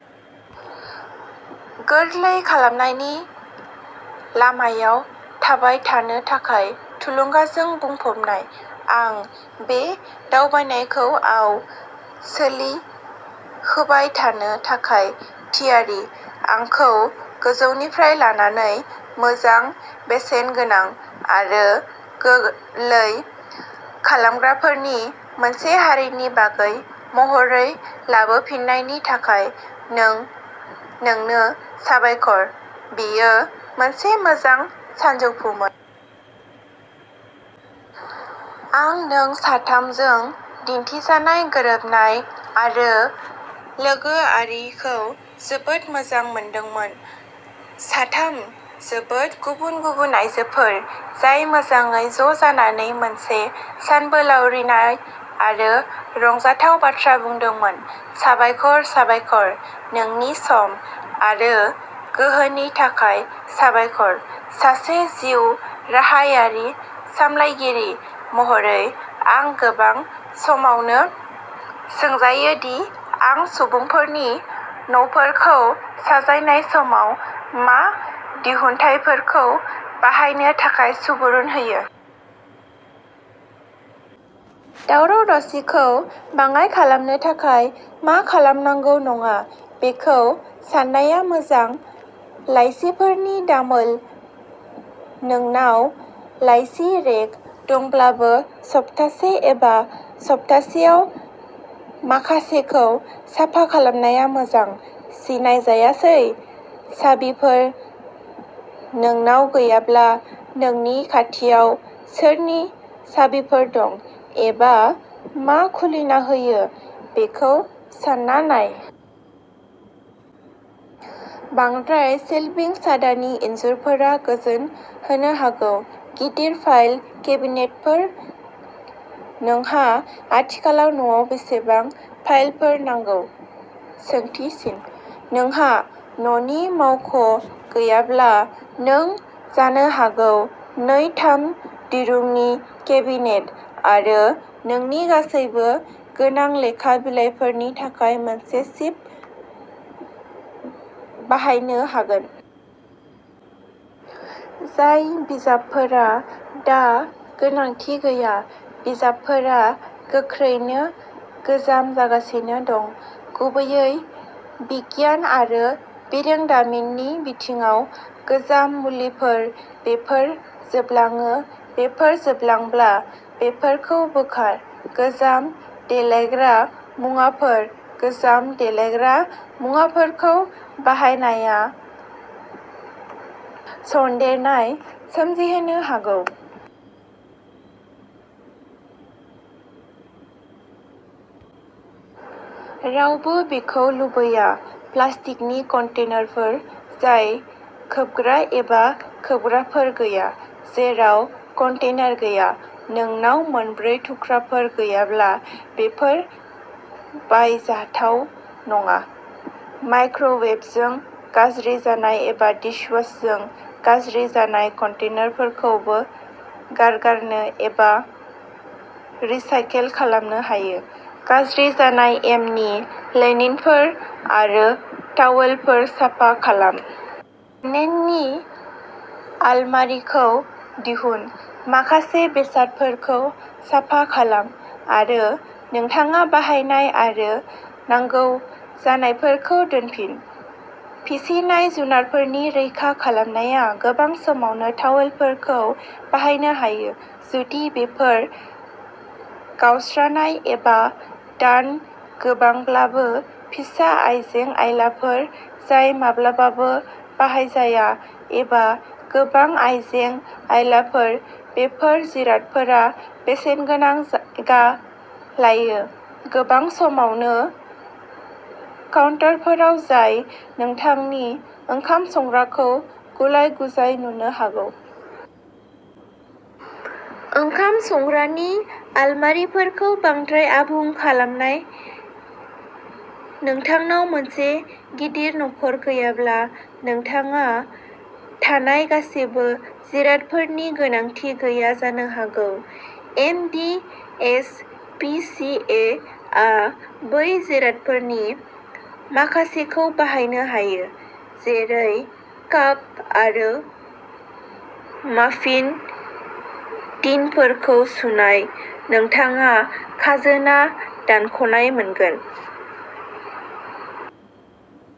गोरलै खालामनायनि लामायाव थाबाय थानो थाखाय थुलुंगाजों बुंफबनाय। आं बे दावबायनायखौ आव सोलिहोबाय थानो थाखाय थियारि। आंखौ गोजौनिफ्राय लानानै मोजां, बेसेनगोनां आरो गोरलै खालामग्राफोरनि मोनसे हारिनि बागै महरै लाबोफिन्नायनि थाखाय नों नोंनो साबायखर। बेयो मोनसे मोजां सानजौफुमोन। आं नों साथामजों दिन्थिजानाय गोरोबनाय आरो लोगोआरिखौ जोबोद मोजां मोनदोंमोन। साथाम जोबोद गुबुन-गुबुन आयजोफोर जाय मोजाङै ज' जानानै मोनसे सानबोलावरिनाय आरो रंजाथाव बाथ्रा बुंदोंमोन। साबायखर, साबायखर, नोंनि सम आरो गोहोनि थाखाय साबायखर। सासे जिउ राहायारि सामलायगिरि महरै, आं गोबां समावनो सोंजायो दि आं सुबुंफोरनि न'फोरखौ साजायनाय समाव मा दिहुनथायफोरखौ बाहायनो थाखाय सुबुरुन होयो। दावराव-दावसिखौ बाङाइ खालामनो थाखाय मा खालामनांगौ नङा बेखौ साननाया मोजां। लाइसिफोरनि दामोल नोंनाव लाइसि रेक दंब्लाबो, सप्तासे एबा सप्तासेयाव माखासेखौ साफा खालामनाया मोजां। सिनायजायासै साबिफोर नोंनाव गैयाब्ला। नोंनि खाथियाव सोरनि साबिफोर दं एबा मा खुलिना होयो, बेखौ सानना नाय। बांद्राय सेल्भिं-सादानि इनजुरफोरा गोजोन होनो हागौ। गिदिर फाइल केबिनेटफोर नोंहा आथिखालाव न'आव बेसेबां फाइलफोर नांगौ? नोंहा न'नि मावख' गैयाब्ला, नों जानो हागौ नै-थाम दिरुंनि केबिनेट आरो नोंनि गासैबो गोनां लेखा बिलाइफोरनि थाखाय मोनसे सिफ बाहायनो हागोन। जाय बिजाबफोरा दा गोनांथि गैया बिजाबफोरा गोख्रैनो गोजाम जागासिनो दं, गुबैयै बिगियान आरो बिरोंदामिननि बिथिङाव। गोजाम मुलिफोर बेफोर जोबलाङो। बेफोर जोबलांब्ला बेफोरखौ बोखार। गोजाम देलायग्रा मुवाफोर गोजाम देलायग्रा मुवाफोरखौ बाहायनाया सन्देरनाय सोमजिहोनो हागौ। रावबो बेखौ लुबैया। प्लास्टिकनि कन्टेनारफोर जाय खोबग्रा एबा खोबग्राफोर गैया जेराव कन्टेनार गैया-नोंनाव मोन्नैबो थुख्राफोर गैयाब्ला, बेफोर बाहायजाथाव नङा। माइक्र'वेभजों गाज्रि जानाय एबा डिशवाशारजों गाज्रि जानाय कन्टेनारफोरखौबो गारगारनो एबा रिसाइकेल खालामनो हायो। गाज्रि जानाय एमनि लिनेनफोर आरो तावेलफोर साफा खालाम। लिनेननि आलमारिखौ दिहुन, माखासे बेसादफोरखौ साफा खालाम आरो नोंथाङा बाहायनाय आरो नांगौ जानायफोरखौ दोनफिन। फिसिनाय जुनारफोरनि रैखा खालामनाया गोबां समावनो टावेलफोरखौ बाहायनो हायो, जुदि बेफोर गावस्रानाय एबा दान गोबांब्लाबो। फिसा आइजें आइलाफोर जाय माब्लाबाबो बाहायजाया एबा गोबां आइजें आइलाफोर बेफोर जिरादफोरा बेसेनगोनां जायगा लायो, गोबां समावनो काउन्टारफोराव जाय नोंथांनि ओंखाम संग्राखौ गुलाय-गुजाय नुनो हायो। ओंखाम संग्रानि आलमारिफोरखौ बांद्राय आबुं खालामनाय नोंथांनाव मोनसे गिदिर नखर गैयाब्ला, नोंथाङा थानाय गासिबो जिरादफोरनि गोनांथि गैया जानो हागौ। M D S P C A आ बै जिरादफोरनि माखासेखौ बाहायनो हायो, जेरै काप आरो माफिन टिनफोरखौ सुनाय। नोंथाङा खाजोना दानख'नाय मोनगोन।